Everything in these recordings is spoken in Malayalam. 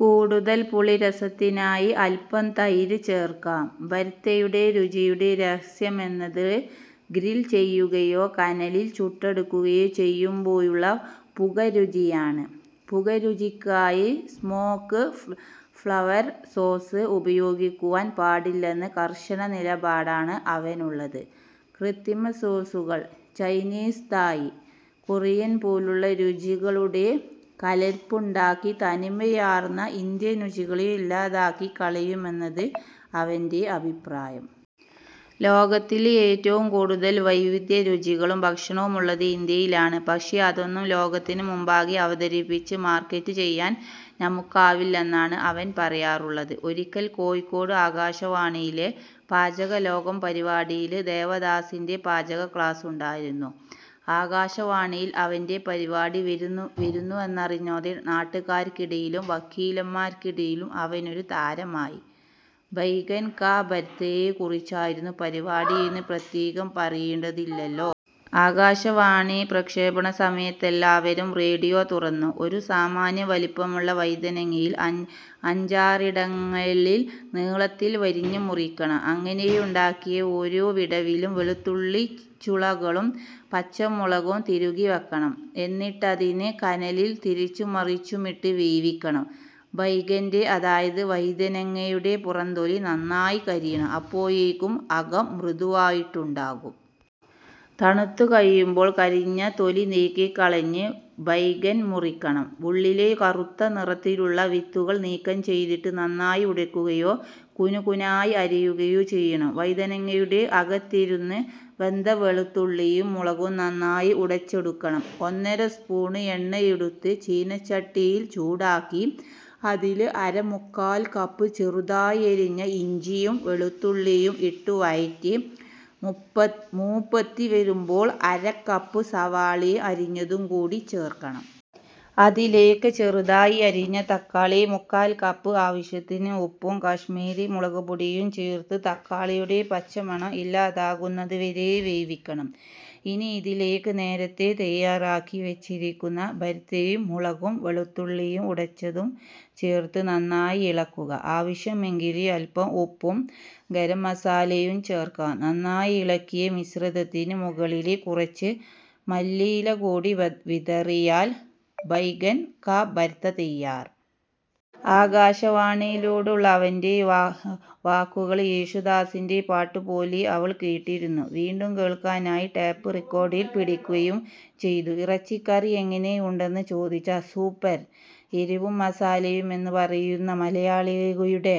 കൂടുതൽ പുളിരസത്തിനായി അല്പം തൈര് ചേർക്കാം. ബർത്തയുടെ രുചിയുടെ രഹസ്യമെന്നത് ഗ്രിൽചെയ്യുകയോ കനലിൽ ചുട്ടെടുക്കുകയോ ചെയ്യുമ്പോളുള്ള പുകരുചിയാണ്. പുകരുചിക്കായി 'സ്മോക്ക് ഫ്ലേവർ സോസ്' ഉപയോഗിക്കുവാൻ പാടില്ലെന്ന കർശനനിലപാടാണ് അവനുള്ളത്. കൃത്രിമസോസുകൾ ചൈനീസ്, തായ്, കൊറിയൻ പോലുള്ള രുചികളുടെ കലർപ്പുണ്ടാക്കി തനിമയാർന്ന ഇന്ത്യൻ രുചികളെ ഇല്ലാതാക്കികളയുമെന്നതാണ് അവന്റെ അഭിപ്രായം. ലോകത്തിൽ ഏറ്റവുംകൂടുതൽവൈവിധ്യരുചികളും ഭക്ഷണവുമുള്ളത് ഇന്ത്യയിലാണ് പക്ഷെ അതൊന്നും ലോകത്തിനു മുമ്പാകെ അവതരിപ്പിച്ചു മാർക്കറ്റുചെയ്യാൻ നമുക്കാവുന്നില്ലെന്നാണ് അവൻ പറയാറുള്ളത്. ഒരിക്കല് കോഴിക്കോട് ആകാശവാണിയിലെ 'പാചകലോകം' പരിപാടിയില് ദേവദാസിന്റെ പാചക ക്ലാസ്സുണ്ടായിരുന്നു. ആകാശവാണിയിൽ അവന്റെ പരിപാടി വിരുന്നുവെന്നറിഞ്ഞതോടെ നാട്ടുകാർക്കിടയിലും വക്കീലമ്മാർക്കിടയിലും അവനൊരു താരമായി. 'ബൈഗന് കാ ബര്ത്ത'യെക്കുറിച്ചായിരുന്നു പരിപാടിയെന്നു പ്രത്യേകം പറയേണ്ടതില്ലല്ലോ? ആകാശവാണി പ്രക്ഷേപണ സമയത്തെല്ലാവരും റേഡിയോ തുറന്നു. ''..... ഒരു സാമാന്യ വലിപ്പമുള്ള വഴുതനങ്ങയിൽ അഞ്ചാറിടങ്ങളിൽ നീളത്തിൽ വരഞ്ഞു മുറിക്കണം. അങ്ങനെയുണ്ടാക്കിയ ഓരോ വിടവിലും വെളുത്തുള്ളിച്ചുളകളും പച്ചമുളകും തിരുകിവയ്ക്കണം. എന്നിട്ടതിനെ കനലിൽ തിരിച്ചുംമറിച്ചുമിട്ടു വേവിക്കണം. ബൈഗന്റെ, അതായത് വഴുതനങ്ങയുടെ പുറംതൊലി നന്നായി കരിയണം. അപ്പോഴേക്കും അകം മൃദുവായിട്ടുണ്ടാകും. തണുത്തുകഴിയുമ്പോൾ കരിഞ്ഞ തൊലിനീക്കികളഞ്ഞു ബൈഗന് മുറിക്കണം. ഉള്ളിലെ കറുത്തനിറത്തിലുള്ള വിത്തുകൾ നീക്കംചെയ്തിട്ട് നന്നായി ഉടയ്ക്കയോ കുനുകുനാന്നു അരിയുകയോ ചെയ്യണം. വഴുതനങ്ങയുടെ അകത്തിരുന്നു വെന്ത വെളുത്തുള്ളിയും മുളകും നന്നായി ഉടച്ചെടുക്കണം. ഒന്നര സ്പൂണ് എണ്ണയെടുത്തു ചീനച്ചട്ടിയില് ചൂടാക്കി, അതിൽ അരമുക്കാൽ കപ്പു ചെറുതായരിഞ്ഞ ഇഞ്ചിയും വെളുത്തുള്ളിയും ഇട്ടുവഴറ്റി മൂപ്പെത്തിവരുമ്പോൾ അരക്കപ്പു സവാള അരിഞ്ഞതുകൂടി ചേർക്കണം. അതിലേക്ക് ചെറുതായി അരിഞ്ഞ തക്കാളി മുക്കാൽകപ്പ്, ആവശ്യത്തിനു ഉപ്പും കശ്മീരി മുളകുപൊടിയും ചേർത്തു തക്കാളിയുടെ പച്ചമണം ഇല്ലാതാകുന്നതുവരെ വേവിക്കണം. ഇനി ഇതിലേക്ക് നേരത്തെ തയ്യാറാക്കി വച്ചിരിക്കുന്ന ബര്ത്തയും മുളകും വെളുത്തുള്ളിയും ഉടച്ചതും ചേർത്തു നന്നായിളക്കുക. ആവശ്യമെങ്കിൽ അല്പം ഉപ്പും ഗരംമസാലയും ചേർക്കാം. നന്നായിളക്കിയ മിശ്രിതത്തിന് മുകളിൽ കുറച്ചു മല്ലിയില കൂടി വിതറിയാൽ ബൈഗന് കാ ബര്ത്ത തയ്യാർ. '' ആകാശവാണിയിലൂടുള്ള അവന്റെ വാക്കുകൾ യേശുദാസിന്റെ പാട്ടുപോലെ അവൾകേട്ടിരിന്നു. വീണ്ടും കേൾക്കാനായി ടേപ്പ് റിക്കോർഡിൽ പിടിക്കുകയും ചെയ്തു. ഇറച്ചിക്കറി എങ്ങനെയുണ്ടെന്നു ചോദിച്ചാൽ 'സൂപ്പർ എരിവും മസാലയു'മെന്നു പറയുന്ന മലയാളിയുടെ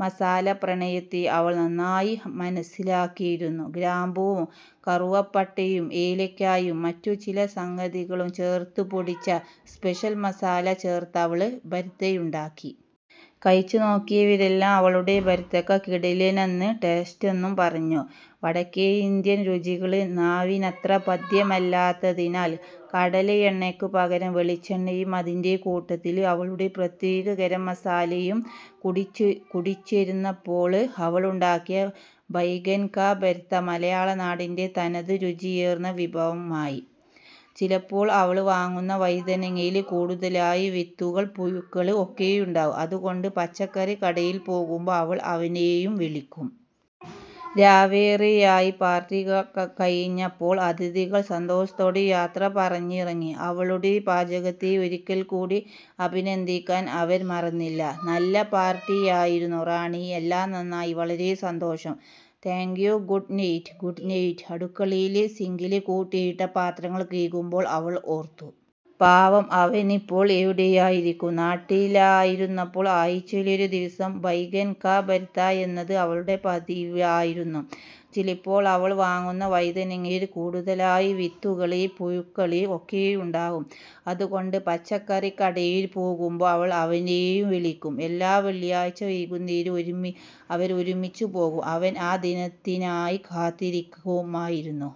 മസാല പ്രണയത്തെ അവൾ നന്നായി മനസ്സിലാക്കിയിരുന്നു. ഗ്രാമ്പുവും കറുവപ്പട്ടയും ഏലക്കായും മറ്റുചിലസംഗതികളും ചേർത്തുപൊടിച്ച 'സ്പെഷ്യൽ മസാല' ചേർത്തവർ ബര്ത്തയുണ്ടാക്കി. കഴിച്ചുനോക്കിയവരെല്ലാം അവളുടെ ബര്ത്തക്കു 'കിടിലന് ടേസ്റ്റെന്നു' പറഞ്ഞു. വടക്കേയിന്ത്യൻ രുചികൾ നാവിനത്ര പഥ്യമല്ലാത്തതിനാൽ കടലയെണ്ണയ്ക്ക് പകരം വെളിച്ചെണ്ണയും അതിന്റെ കൂട്ടത്തിൽ അവളുടെ പ്രത്യേക ഗരംമസാലയും കൂടിച്ചേർന്നപ്പോൾ അവളുണ്ടാക്കിയ ബൈഗൻ കാ ബർത്ത മലയാളനാടിന്റെ തനതു രുചിചേർന്ന വിഭവമായി. ചിലപ്പോൾ അവൾ വാങ്ങുന്ന വഴുതനങ്ങയിൽ കൂടുതലായി വിത്തുകൾ, പുഴുക്കൾ ഒക്കെയുണ്ടാകും അതുകൊണ്ട് പച്ചക്കറികടയിൽ പോകുമ്പോൾ അവർ അവനെയും വിളിക്കും. രാവേറെയായി പാർട്ടി കഴിഞ്ഞപ്പോൾ. അതിഥികൾ സന്തോഷത്തോടെ യാത്ര പറഞ്ഞിറങ്ങി. അവളുടെ പാചകത്തെ ഒരിക്കൽ കൂടി അഭിനന്ദിക്കാനും അവർ മറന്നില്ല 'നല്ല പാർട്ടിയായിരുന്നു, റാണി. എല്ലാം നന്നായി, വളരെ സന്തോഷം'' 'thank you'' 'good night'' ''good night'' അടുക്കളയിലെ സിങ്കിൽ കൂട്ടിയിട്ട പാത്രങ്ങൾ കഴുകുമ്പോൾ അവൾ ഓർത്തു. 'പാവം. അവനിപ്പോൾ എവിടെയായിരിക്കും? ' നാട്ടിലായിരുന്നപ്പോൾ ആഴ്ചയിലൊരു ദിവസം 'ബൈഗൻ കാ ബർത്താ'യെന്നത് അവളുടെ പതിവായിരുന്നു. ചിലപ്പോൾ അവൾ വാങ്ങുന്ന വഴുതനങ്ങയിൽ കൂടുതലായി വിത്തുകൾ, പുഴുക്കൾ ഒക്കെയുണ്ടാകും അതുകൊണ്ട് പച്ചക്കറികടയിൽ പോകുമ്പോൾഅവൾഅവനെയും വിളിക്കും. എല്ലാ വെള്ളിയാഴ്ച വൈകുന്നേരവും അവര് ഒരുമിച്ചുപോകും. അവൻ ആ ദിനത്തിനായി കാത്തിരിക്കുമായിരുന്നു.